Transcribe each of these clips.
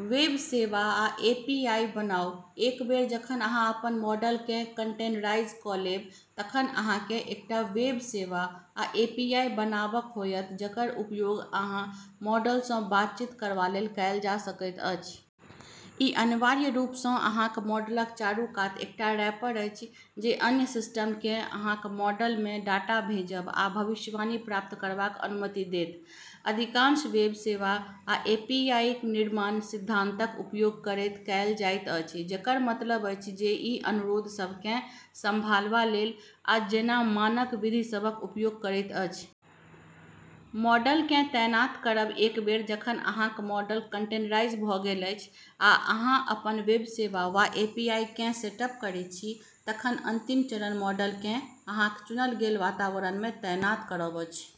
Web सेवा वा API बनाउ एक बेर जखन अहाँ अपन मॉडलकेँ कंटेनराइज क’ लेब तखन अहाँकेँ एकटा वेब सेवा वा एपीआई बनाबक होयत जेकर उपयोग अहाँक मॉडल सँ बातचीत करबा लेल कएल जा सकैत अछि। ई अनिवार्य रूप सँ अहाँक मॉडलक चारू कात एकटा रैपर अछि जे अन्य सिस्टमकेँ अहाँक मॉडलमे डाटा भेजब आ भविष्यवाणी प्राप्त करबाक अनुमति देत। अधिकांश वेब सेवा आ एपीआईक निर्माण सिद्धांतक उपयोग करैत कएल जाइत अछि, जेकर मतलब अछि जे ई अनुरोध सभकेँ संभालबा लेल, आ जेना मानक विधि सभक उपयोग करैत अछि। मॉडलकेँ तैनात करब एक बेर जखन अहाँक मॉडल कंटेनराइज भ’ गेल अछि आ अहाँ अपन वेब सेवा वा एपीआईकेँ सेटअप करै छी, तखन अंतिम चरण मॉडलकेँ अहाँक चुनल गेल वातावरणमे तैनात करब अछि।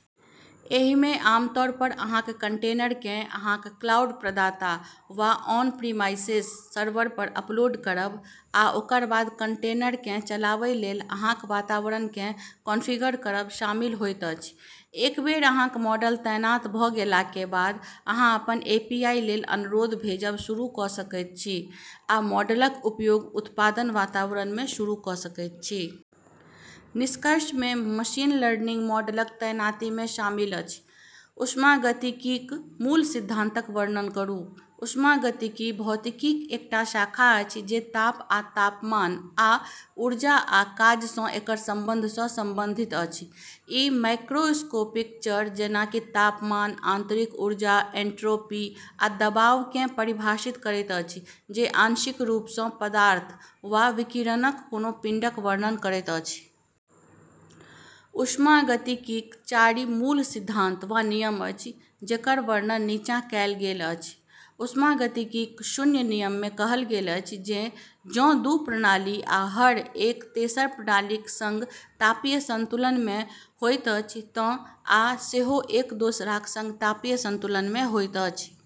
एहिमे आमतौर पर अहाँक कंटेनरकेँ अहाँक क्लाउड प्रदाता वा ऑन प्रिमाइसेस सर्वर पर अपलोड करब, आ ओकर बाद कंटेनरकेँ चलाबै लेल अहाँक वातावरणकेँ कॉन्फ़िगर करब शामिल होइत अछि। एक बेर अहाँक मॉडल तैनात भ’ गेला के बाद, अहाँ अपन एपीआई लेल अनुरोध भेजब शुरू क’ सकैत छी, आ मॉडलक उपयोग उत्पादन वातावरणमे शुरू क’ सकैत छी। निष्कर्षमे, मशीन लर्निंग मॉडलक तैनातीमे शामिल अछि। ऊष्मागतिकीक मूल सिद्धांतक वर्णन करू। ऊष्मागतिकी भौतिकीक एकटा शाखा अछि जे ताप आ तापमान आ ऊर्जा आ काज सँ एकर संबंध सँ संबंधित अछि। ई मैक्रोस्कोपिक चर, जेना कि तापमान, आंतरिक ऊर्जा, एन्ट्रोपी, आ दबावकेँ परिभाषित करैत अछि, जे आंशिक रूप सँ पदार्थ वा विकिरणक कोनो पिंडक वर्णन करैत अछि। ऊष्मागतिकीक चारि मूल सिद्धांत वा नियम अछि, जेकर वर्णन नीचाँ कएल गेल अछि। ऊष्मागतिकीक शून्य नियममे कहल गेल अछि जे जँ दू प्रणाली, आ, हर एक तेसर प्रणालीक संग तापीय संतुलनमे होइत अछि, तँ आ सेहो एक दोसराक संग तापीय संतुलनमे होइत अछि।